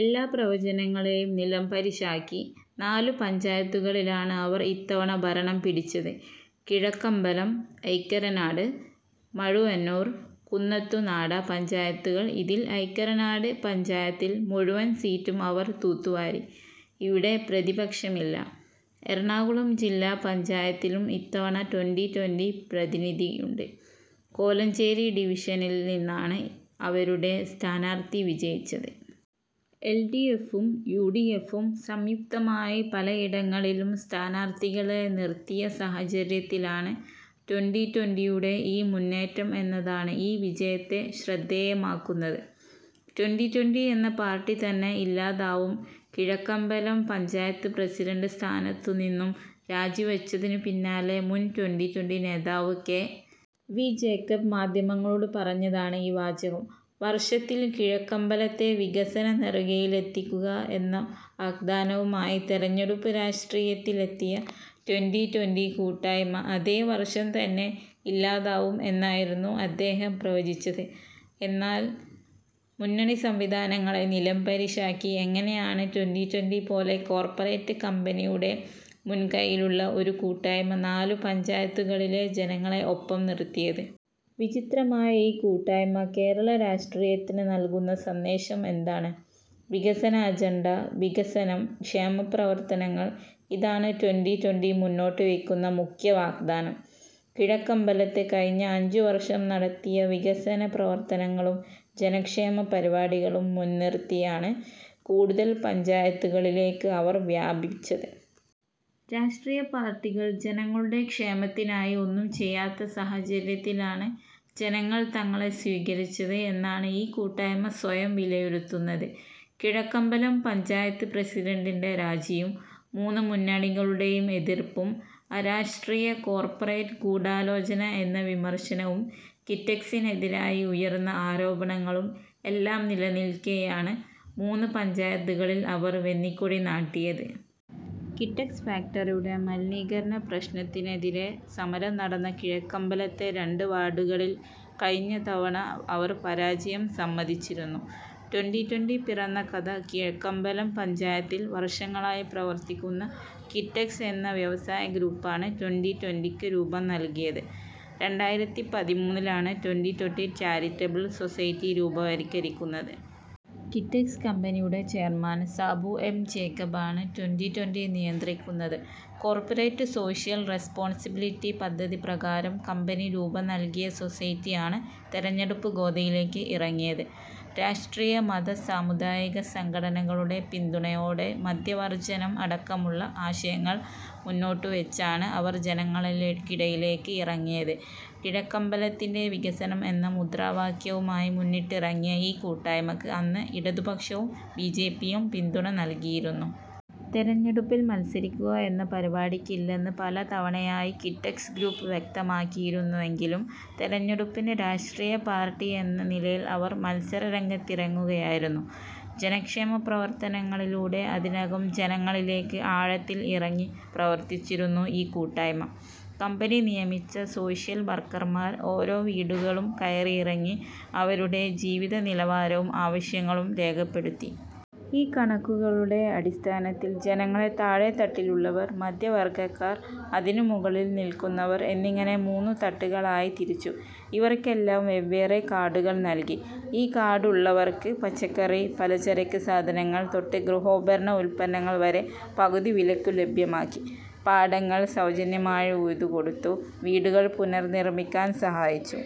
എല്ലാ പ്രവചനങ്ങളെയും നിലംപരിശാക്കി, നാലു പഞ്ചായത്തുകളിലാണ് അവര്‍ ഇത്തവണ ഭരണം പിടിച്ചത്. കിഴക്കമ്പലം, ഐക്കരനാട്, മഴുവന്നൂര്‍, കുന്നത്തുനാട പഞ്ചായത്തുകള്‍. ഇതില്‍ ഐക്കരനാട് പഞ്ചായത്തില്‍ മുഴുവന്‍ സീറ്റും അവര്‍ തൂത്തു വാരി. ഇവിടെ പ്രതിപക്ഷമില്ല. എറണാകുളം ജില്ലാ പഞ്ചായത്തിലും ഇത്തവണ ട്വന്റി ട്വന്റി പ്രതിനിധിയുണ്ട്. കോലഞ്ചേരി ഡിവിഷനില്നിന്നാണ് അവരുടെ സ്ഥാനാര്‍ത്ഥി വിജയിച്ചത്. എല് ഡി എഫും യു ഡി എഫും സംയുക്തമായി പലയിടങ്ങളിലും സ്ഥാനാര്‍ത്ഥികളെ നിര്‍ത്തിയ സാഹചര്യത്തിലാണ് ട്വന്റി ട്വന്റി യുടെ ഈ മുന്നേറ്റം എന്നതാണ് ഈ വിജയത്തെ ശ്രദ്ധേയമാക്കുന്നത്. ട്വന്റി ട്വന്റി എന്ന പാര്‍ട്ടി തന്നെ ഇല്ലാതാവും''കിഴക്കമ്പലം പഞ്ചായത്ത് പ്രസിഡന്‍റ് സ്ഥാനത്തുനിന്നും രാജിവെച്ചതിനു പിന്നാലെ മുന്‍ ട്വന്റി ട്വന്റി നേതാവ് കെ. വി ജേക്കബ് മാധ്യമങ്ങളോട് പറഞ്ഞതാണ് ഈ വാചകം. വര്‍ഷത്തില്‍ കിഴക്കമ്പലത്തെ വികസന നെറുകയിലെത്തിക്കുക എന്ന വാഗ്ദാനവുമായി തെരഞ്ഞെടുപ്പ് രാഷ്ട്രീയത്തിലെത്തിയ ട്വന്റി ട്വന്റി കൂട്ടായ്മ അതേ വര്‍ഷം തന്നെ ഇല്ലാതാവും എന്നായിരുന്നു അദ്ദേഹം പ്രവചിച്ചത്. എന്നാല്‍. മുന്നണി സംവിധാനങ്ങളെ നിലംപരിശാക്കി എങ്ങനെയാണ് ട്വന്റി ട്വന്റി പോലെ കോർപ്പറേറ്റ് കമ്പനിയുടെ മുൻ കൈയിലുള്ള ഒരു കൂട്ടായ്മ നാലു പഞ്ചായത്തുകളിലെ ജനങ്ങളെ ഒപ്പം നിര്‍ത്തിയത്? വിചിത്രമായ ഈ കൂട്ടായ്മ കേരള രാഷ്ട്രീയത്തിന് നല്കുന്ന സന്ദേശം എന്താണ്? വികസന അജണ്ട വികസനം, ക്ഷേമപ്രവർത്തനങ്ങൾ. ഇതാണ് ട്വന്റി ട്വന്റി മുന്നോട്ടുവെയ്ക്കുന്ന മുഖ്യ വാഗ്ദാനം. കിഴക്കമ്പലത്ത് കഴിഞ്ഞ അഞ്ച് വര്‍ഷം നടത്തിയ വികസന പ്രവര്‍ത്തനങ്ങളും ജനക്ഷേമ പരിപാടികളും മുന്നിര്‍ത്തിയാണ് കൂടുതല്‍ പഞ്ചായത്തുകളിലേക്ക് അവര്‍ വ്യാപിച്ചത്. രാഷ്ട്രീയ പാര്‍ട്ടികള്‍ ജനങ്ങളുടെ ക്ഷേമത്തിനായി ഒന്നും ചെയ്യാത്ത സാഹചര്യത്തിലാണ് ജനങ്ങള്‍ തങ്ങളെ സ്വീകരിച്ചത് എന്നാണ് ഈ കൂട്ടായ്മ സ്വയം വിലയിരുത്തുന്നത്. കിഴക്കമ്പലം പഞ്ചായത്ത് പ്രസിഡന്‍റിന്‍റെ രാജിയും മൂന്ന് മുന്നണികളുടെയും എതിര്‍പ്പും അരാഷ്ട്രീയ കോര്‍പ്പറേറ്റ് ഗൂഢാലോചന എന്ന വിമര്‍ശനവും കിറ്റെക്സിനെതിരായി ഉയര്‍ന്ന ആരോപണങ്ങളും എല്ലാം നിലനില്‍ക്കെയാണ് മൂന്ന് പഞ്ചായത്തുകളില്‍ അവര്‍ വെന്നിക്കൊടി നാട്ടിയത്. കിറ്റക്സ് ഫാക്റിയുടെ മലിനീകരണ പ്രശ്നത്തിനെതിരെ സമരം നടന്ന കിഴക്കമ്പലത്തെ രണ്ട് വാര്‍ഡുകളില്‍ കഴിഞ്ഞ തവണ അവര്‍ പരാജയം സമ്മതിച്ചിരുന്നു. ട്വന്റി ട്വന്റി പിറന്ന കഥ കിഴക്കമ്പലം പഞ്ചായത്തില്‍ വര്‍ഷങ്ങളായി പ്രവര്‍ത്തിക്കുന്ന കിറ്റക്സ് എന്ന വ്യവസായ ഗ്രൂപ്പാണ് ട്വന്റി ട്വന്റിക്ക് രൂപം നല്കിയത്. രണ്ടായിരത്തി പതിമൂന്നിലാണ് ട്വന്റി ട്വന്റി ചാരിറ്റബിള്‍ സൊസൈറ്റി രൂപവത്കരിക്കുന്നത്. കിറ്റക്സ് കമ്പനിയുടെ ചെയര്‍മാന് സാബു എം ജേക്കബ് ആണ് ട്വന്റി ട്വന്റി നിയന്ത്രിക്കുന്നത്. കോർപ്പറേറ്റ് സോഷ്യല്‍ റെസ്പോൺസിബിലിറ്റി പദ്ധതി പ്രകാരം കമ്പനി രൂപം നല്കിയ സൊസൈറ്റിയാണ് തെരഞ്ഞെടുപ്പ് ഗോദയിലേക്ക് ഇറങ്ങിയത്. രാഷ്ട്രീയ-മത-സാമുദായിക സംഘടനകളുടെ പിന്തുണയോടെ മദ്യവർജ്ജനം അടക്കമുള്ള ആശയങ്ങള്‍ മുന്നോട്ടുവെച്ചാണ് അവര്‍ ജനങ്ങൾക്കിടയിലേക്ക് ഇറങ്ങിയത്. കിഴക്കമ്പലത്തിന്റെ വികസനം എന്ന മുദ്രാവാക്യവുമായി മുന്നിട്ടിറങ്ങിയ ഈ കൂട്ടായ്മക്ക് അന്ന് ഇടതുപക്ഷവും ബിജെപിയും പിന്തുണ നല്കിയിരുന്നു. തെരഞ്ഞെടുപ്പില്‍ മത്സരിക്കുക എന്ന പരിപാടിക്കില്ലെന്ന് പലതവണയായി കിറ്റക്സ് ഗ്രൂപ്പ് വ്യക്തമാക്കിയിരുന്നുവെങ്കിലും തെരഞ്ഞെടുപ്പില് രാഷ്ട്രീയ പാര്‍ട്ടി എന്ന നിലയില്‍ അവര്‍ മത്സര രംഗത്തിറങ്ങുകയായിരുന്നു. ജനക്ഷേമ പ്രവര്‍ത്തനങ്ങളിലൂടെ അതിനകം ജനങ്ങളിലേക്ക് ആഴത്തില്‍ ഇറങ്ങി പ്രവര്‍ത്തിച്ചിരുന്നു ഈ കൂട്ടായ്മ. കമ്പനി നിയമിച്ച സോഷ്യല്‍ വർക്കർമാർ ഓരോ വീടുകളും കയറിയിറങ്ങി അവരുടെ ജീവിതനിലവാരവും ആവശ്യങ്ങളും രേഖപ്പെടുത്തി. ഈ കണക്കുകളുടെ അടിസ്ഥാനത്തില്‍ ജനങ്ങളെ താഴെ തട്ടിലുള്ളവർ, മധ്യവർഗക്കാർ, അതിനും മുകളില്‍ നില്‍ക്കുന്നവര്‍ എന്നിങ്ങനെ മൂന്നു തട്ടുകളായി തിരിച്ചു. ഇവർക്കെല്ലാം വെവ്വേറെ കാര്‍ഡുകള്‍ നല്‍കി. ഈ കാർഡുഉള്ളവര്‍ക്ക് പച്ചക്കറി-പലചരക്ക് സാധനങ്ങള്‍ തൊട്ട് ഗൃഹോപകരണ ഉത്പന്നങ്ങള്‍ വരെ പകുതി വിലയ്ക്കു ലഭ്യമാക്കി. പാടങ്ങള്‍ സൗജന്യമായി ഉഴുതു കൊടുത്തു. വീടുകള്‍ പുനർനിര്‍മിക്കാന്‍ സഹായിച്ചു.